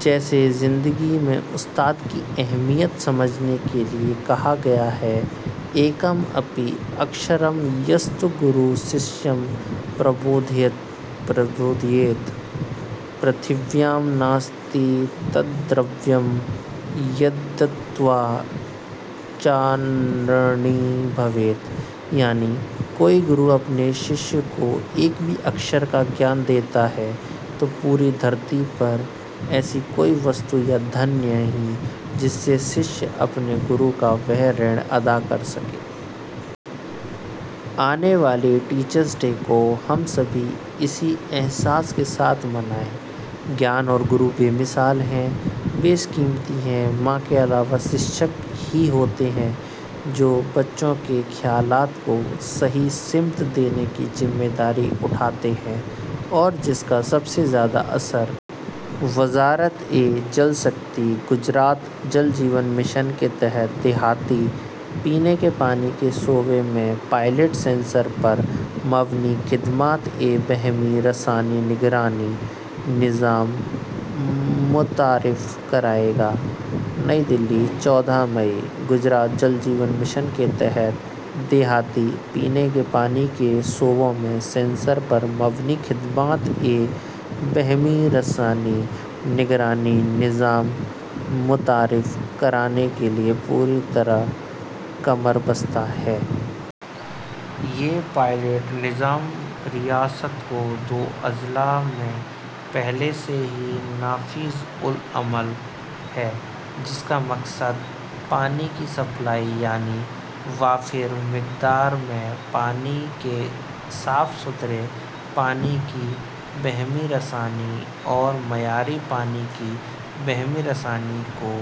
جیسے زندگی میں استاد کی اہمیت سمجھانے کے لیے کہا گیا ہے – ایکم پی اکشرمستو، گرو ششیام پربودھت۔ پرتویام ناستی تد-درویم، ید-دتّوا ہریہ نرنی بھوت۔ یعنی کوئی گرو اپنے طلباء کو ایک بھی حرف کا علم دیتا ہے تو پوری سرزمین میں ایسی کوئی شے یا دولت نہیں، جس سے طلباء اپنے استاد کا وہ قرض ادا کر سکیں۔ آنے والے ٹیچرس ڈے کو ہم سبھی اسی احساس کے ساتھ منائیں۔ علم اور گرو ناقابل موازنہ ہیں۔ بیش قیمت ہیں۔ ماں کے علاوہ استاد ہی ہوتے ہیں، جو بچوں کے خیالات کو صحیح سمت دینے کی ذمہ داری اٹھاتے ہیں اور جس کا سب سے زیادہ اثر۔ وزارتِ جل شکتی گجرات جل جیون مشن کے تحت دیہی پینے کے پانی کے شعبے میں پائلٹ سینسر پر مبنی خدمات بہم رسانی نگرانی نظام متعارف کرائے گا۔ نئی دہلی، چودہ مئی: گجرات جل جیون مشن کے تحت دیہی پینے کے پانی کے شعبے میں سینسر پر مبنی خدمات بہم رسانی نگرانی نظام متعارف کرانے کے لیے پورے طور پر کمربستہ ہے۔ یہ پائلٹ نظام ریاست کے دو اضلاع میں پہلے سے ہی نافذ العمل ہے، جس کا مقصد پانی کی سپلائی یعنی وافر مقدار میں پینے کے صاف ستھرے پانی کی بہم رسانی اور معیاری پانی کی بہم رسانی کی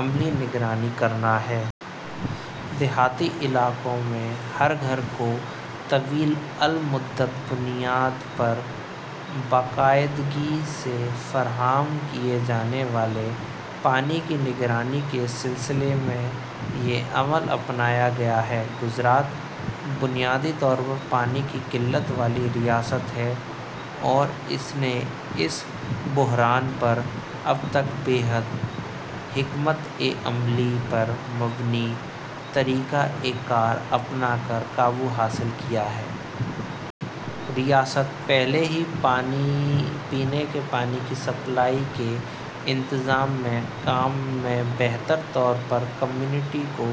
عملی نگرانی کرنا ہے۔ دیہی علاقوں میں ہر گھر کو طویل المدت بنیاد پر باقاعدگی سے فراہم کیے جانے والے پانی کی نگرانی کے سلسلے میں یہ عمل اپنایا گیا ہے۔ گجرات بنیادی طور پر پانی کی قلت والی ریاست ہے اور اس میں اس بحران پر اب تک ازحد حکمتِ عملی پر مبنی طریقہ کار اپنا کر قابو حاصل کیا ہے۔ ریاست پہلے ہی پینے کے پانی کی سپلائی کے انتظام کے کام میں بہتر طور پر کمیونٹی کو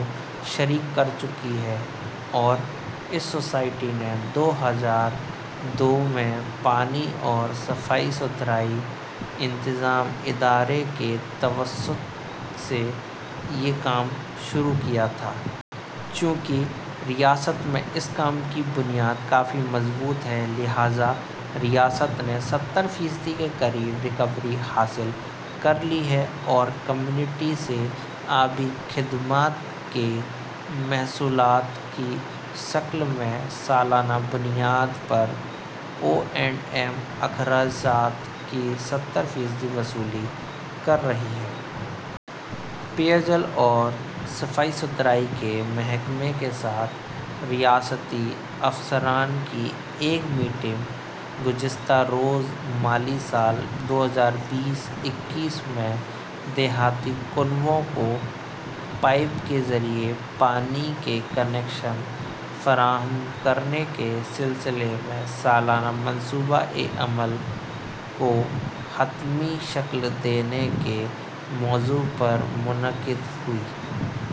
شریک کر چکی ہے اور اس ریاست نے دو ہزار دو میں پانی اور صفائی ستھرائی انتظام ادارے کے توسط سے یہ کام شروع کیا تھا۔ چونکہ ریاست میں اس کام کی بنیاد کافی مضبوط ہے لہٰذا ریاست نے ستر فیصد کے قریب بحالی حاصل کر لی ہے اور کمیونٹی سے آبی خدمات محصولات کی شکل میں سالانہ بنیاد پر او اینڈ ایم اخراجات کی ستر فیصد وصولی کر رہی ہے۔ پینے کے پانی اور صفائی ستھرائی کے محکمے کے ساتھ ریاستی افسران کی ایک میٹنگ گزشتہ روز مالی سال دو ہزار بیس تا دو ہزار اکیس میں دیہی کنبوں کو پائپ کے ذریعے پانی کے کنکشن فراہم کرنے کے سلسلے میں سالانہ منصوبۂ عمل کو حتمی شکل دینے کے موضوع پر منعقد ہوئی۔